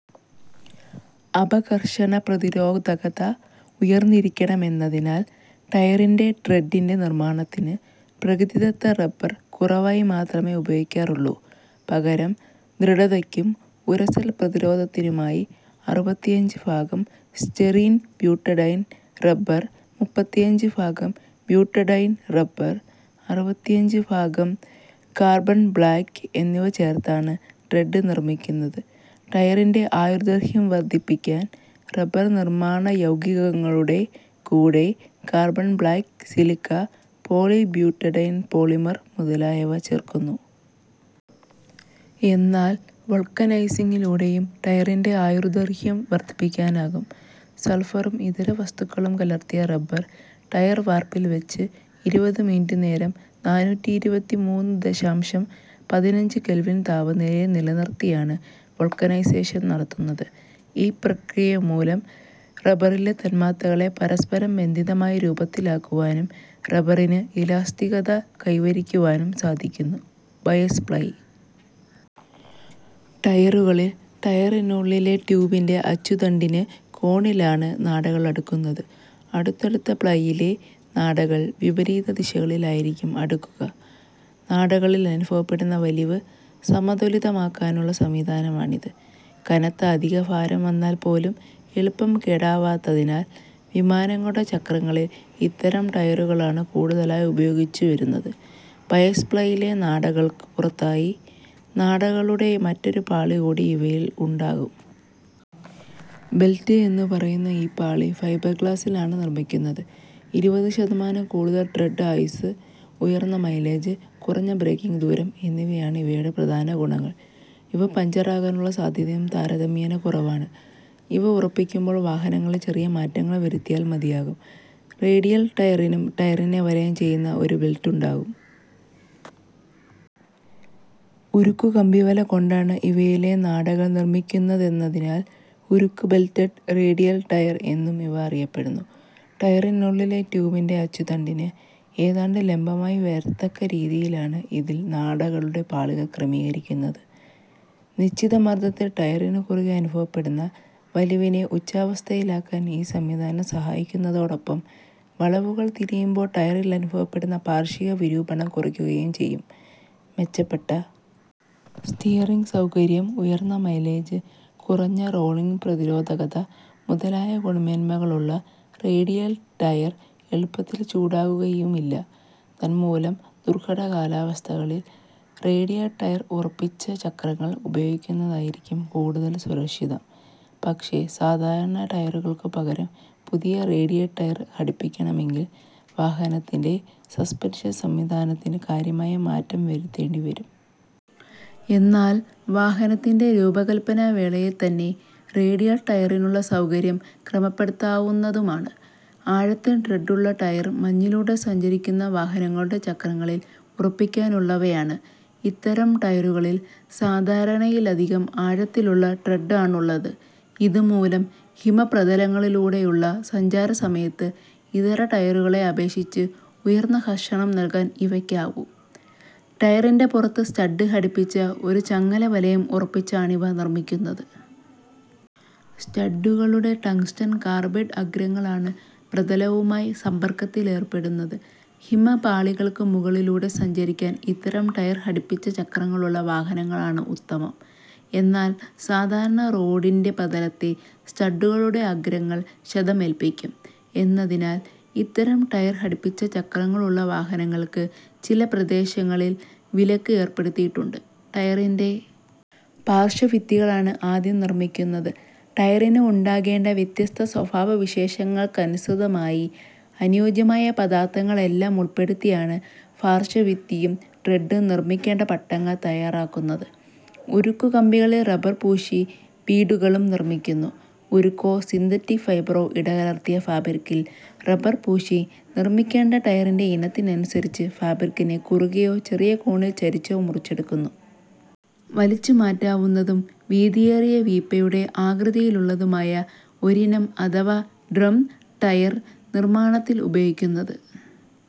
അപഘർഷണ പ്രതിരോധകത ഉയർന്നിരിക്കണമെന്നതിനാൽ, ടയറിൻ്റെ ട്രെഡ്ഡിൻ്റെ നിർമ്മാണത്തിന് പ്രകൃതിദത്ത റബർ കുറവായി മാത്രമേ ഉപയോഗിക്കാറുള്ളൂ. പകരം, ദൃഢതയ്ക്കും ഉരസൽ പ്രതിരോധത്തിനുമായി അറുപത്തിയഞ്ച് ഭാഗം സ്റ്റൈറീൻ-ബ്യൂട്ടഡൈൻ റബർ, മുപ്പത്തിയഞ്ച് ഭാഗം ബ്യൂട്ടഡൈൻ റബർ, അറുപത്തിയഞ്ച് ഭാഗം കാർബൺ ബ്ലാക്ക് എന്നിവ ചേർത്താണ് ട്രെഡ് നിർമ്മിക്കുന്നത്. ടയറിൻ്റെ ആയുർദൈർഘ്യം വർധിപ്പിക്കാൻ റബർ നിർമ്മാണയൗഗികങ്ങളുടെ കൂടെ carbon black, silica, polybutadiene polymer മുതലായവ ചേർക്കുന്നു. എന്നാൽ, വൾക്കനൈസിങ്ങിലൂടെയും ടയറിൻ്റെ ആയുർദൈർഘ്യം വർധിപ്പിക്കാനാകും. സൾഫറും ഇതര വസ്തുക്കളും കലർത്തിയ റബർ, ടയർ വാർപ്പിൽ വച്ച് ഇരുപത് മിനിറ്റുനേരം നാനൂറ്റിയിരുപത്തിമൂന്ന് ദശാംശം പതിനഞ്ച് കെൽവിൻ താപനിലയിൽ നിലനിർത്തിയാണ് വൾക്കനൈസേഷൻ നടത്തുന്നത്. ഈ പ്രക്രിയമൂലം റബറിലെ തന്മാത്രകളെ പരസ്പരം ബന്ധിതമായ രൂപത്തിലാക്കുവാനും റബറിന് ഇലാസ്തികത കൈവരിക്കുവാനും സാധിക്കുന്നു. ബയസ്-പ്ലൈ ടയറുകളിൽ, ടയറിനുള്ളിലെ ട്യൂബിൻ്റെ അച്ചുതണ്ടിന് കോണിലാണ് നാടകൾ അടുക്കുന്നത്. അടുത്തടുത്ത പ്ലൈയിലെ നാടകൾ വിപരീത ദിശകളിലായിരിക്കും അടുക്കുക. നാടകളിൽ അനുഭവപ്പെടുന്ന വലിവ് സമതുലിതമാക്കാനുള്ള സംവിധാനമാണിത്. കനത്ത അധികഭാരം വന്നാൽ പോലും എളുപ്പം കേടാവാത്തതിനാൽ, വിമാനങ്ങളുടെ ചക്രങ്ങളിൽ ഇത്തരം ടയറുകളാണ് കൂടുതലായി ഉപയോഗിച്ചുവരുന്നത്. ബയസ്-പ്ലൈയിലെ നാടകൾക്കു പുറത്തായി നാടകളുടെ മറ്റൊരു പാളി കൂടി ഇവയിൽ ഉണ്ടാകും. ബെൽറ്റ് എന്നു പറയുന്ന ഈ പാളി ഫൈബർഗ്ലാസിലാണ് നിർമ്മിക്കുന്നത്. ഇരുപത് ശതമാനം കൂടുതൽ ട്രെഡ്-ആയുസ്സ്, ഉയർന്ന മൈലേജ്, കുറഞ്ഞ ബ്രേക്കിങ് ദൂരം എന്നിവയാണ് ഇവയുടെ പ്രധാന ഗുണങ്ങൾ. ഇവ പഞ്ചറാകാനുള്ള സാധ്യതയും താരതമ്യേന കുറവാണ്. ഇവ ഉറപ്പിക്കുമ്പോൾ വാഹനങ്ങളിൽ ചെറിയ മാറ്റങ്ങൾ വരുത്തിയാൽ മതിയാകും. റേഡിയൽ ടയറിലും ടയറിനെ വലയം ചെയ്യുന്ന ഒരു ബെൽറ്റുണ്ടാവും. ഉരുക്കുകമ്പിവല കൊണ്ടാണ് ഇവയിലെ നാടകൾ നിർമ്മിക്കുന്നതെന്നതിനാൽ, ഉരുക്ക്-ബെൽറ്റഡ് റേഡിയൽ ടയർ എന്നും ഇവ അറിയപ്പെടുന്നു. ടയറിനുള്ളിലെ ട്യൂബിൻ്റെ അച്ചുതണ്ടിന് ഏതാണ്ട് ലംബമായി വരത്തക്ക രീതിയിലാണ് ഇതിൽ നാടകളുടെ പാളികൾ ക്രമീകരിക്കുന്നത്. നിശ്ചിത മർദ്ദത്തിൽ ടയറിനു കുറുകെ അനുഭവപ്പെടുന്ന വലിവിനെ ഉച്ചാവസ്ഥയിലാക്കാൻ ഈ സംവിധാനം സഹായിക്കുന്നതോടൊപ്പം, വളവുകൾ തിരിയുമ്പോൾ ടയറിൽ അനുഭവപ്പെടുന്ന പാർശ്വിക വിരൂപണം കുറയ്ക്കുകയും ചെയ്യും. മെച്ചപ്പെട്ട സ്റ്റിയറിങ് സൗകര്യം, ഉയർന്ന മൈലേജ്, കുറഞ്ഞ റോളിങ് പ്രതിരോധകത മുതലായ ഗുണമേന്മകളുള്ള റേഡിയൽ ടയർ എളുപ്പത്തിൽ ചൂടാകുകയുമില്ല. തന്മൂലം, ദുർഘട കാലാവസ്ഥകളിൽ റേഡിയൽ ടയർ ഉറപ്പിച്ച ചക്രങ്ങൾ ഉപയോഗിക്കുന്നതായിരിക്കും കൂടുതൽ സുരക്ഷിതം. പക്ഷേ, സാധാരണ ടയറുകൾക്കു പകരം പുതിയ റേഡിയൽ ടയർ ഘടിപ്പിക്കണമെങ്കിൽ, വാഹനത്തിലെ സസ്പെൻഷൻ സംവിധാനത്തിന് കാര്യമായ മാറ്റം വരുത്തേണ്ടിവരും. എന്നാൽ, വാഹനത്തിൻ്റെ രൂപകൽപ്പനാവേളയിൽത്തന്നെ റേഡിയൽ ടയറിനുള്ള സൗകര്യം ക്രമപ്പെടുത്താവുന്നതുമാണ്. ആഴത്തിൽ ട്രെഡ്ഡുള്ള ടയർ മഞ്ഞിലൂടെ സഞ്ചരിക്കുന്ന വാഹനങ്ങളുടെ ചക്രങ്ങളിൽ ഉറപ്പിക്കാനുള്ളവയാണ്. ഇത്തരം ടയറുകളിൽ സാധാരണയിലധികം ആഴത്തിലുള്ള ട്രെഡ്ഡാണുള്ളത്. ഇതുമൂലം, ഹിമപ്രതലങ്ങളിലൂടെയുള്ള സഞ്ചാരസമയത്ത് ഇതര ടയറുകളെ അപേക്ഷിച്ച് ഉയർന്ന ഘർഷണം നൽകാൻ ഇവയ്ക്കാവും. ടയറിൻ്റെ പുറത്ത് സ്റ്റഡ്ഡ് ഘടിപ്പിച്ച ഒരു ചങ്ങലവലയം ഉറപ്പിച്ചാണിവ നിർമ്മിക്കുന്നത്. സ്റ്റഡ്ഡുകളുടെ ടങ്സ്റ്റൺ കാർബൈഡ് അഗ്രങ്ങളാണ് പ്രതലവുമായി സമ്പർക്കത്തിൽ ഏർപ്പെടുന്നത്. ഹിമപാളികൾക്കു മുകളിലൂടെ സഞ്ചരിക്കാൻ ഇത്തരം ടയർ ഘടിപ്പിച്ച ചക്രങ്ങളുള്ള വാഹനങ്ങളാണ് ഉത്തമം. എന്നാൽ, സാധാരണ റോഡിൻ്റെ പ്രതലത്തെ സ്റ്റഡ്ഡുകളുടെ അഗ്രങ്ങൾ ക്ഷതമേൽപ്പിക്കും എന്നതിനാൽ, ഇത്തരം ടയർ ഘടിപ്പിച്ച ചക്രങ്ങളുള്ള വാഹനങ്ങൾക്ക് ചില പ്രദേശങ്ങളിൽ വിലക്ക് ഏർപ്പെടുത്തിയിട്ടുണ്ട്. ടയറിൻ്റെ പാർശ്വഭിത്തികളാണ് ആദ്യം നിർമ്മിക്കുന്നത്. ടയറിന് ഉണ്ടാകേണ്ട വ്യത്യസ്ത സ്വഭാവവിശേഷങ്ങൾക്കനുസൃതമായി അനുയോജ്യമായ പദാർഥങ്ങളെല്ലാം ഉൾപ്പെടുത്തിയാണ് പാർശ്വഭിത്തിയും ട്രെഡ്ഡും നിർമ്മിക്കേണ്ട പട്ടകൾ തയ്യാറാക്കുന്നത്. ഉരുക്കുകമ്പികളിൽ റബർ പൂശി ബീഡുകളും നിർമ്മിക്കുന്നു. ഉരുക്കോ സിന്തറ്റിക് ഫൈബറോ ഇടകലർത്തിയ ഫാബ്രിക്കിൽ റബർ പൂശി, നിർമ്മിക്കേണ്ട ടയറിൻ്റെ ഇനത്തിനനുസരിച്ച് ഫാബ്രിക്കിനെ കുറുകെയോ ചെറിയ കോണിൽ ചരിച്ചോ മുറിച്ചെടുക്കുന്നു. വലിച്ചുമാറ്റാവുന്നതും വീതിയേറിയ വീപ്പയുടെ ആകൃതിയിലുള്ളതുമായ ഒരിനം അഥവാ ഡ്രം ടയർ നിർമ്മാണത്തിൽ ഉപയോഗിക്കുന്നത്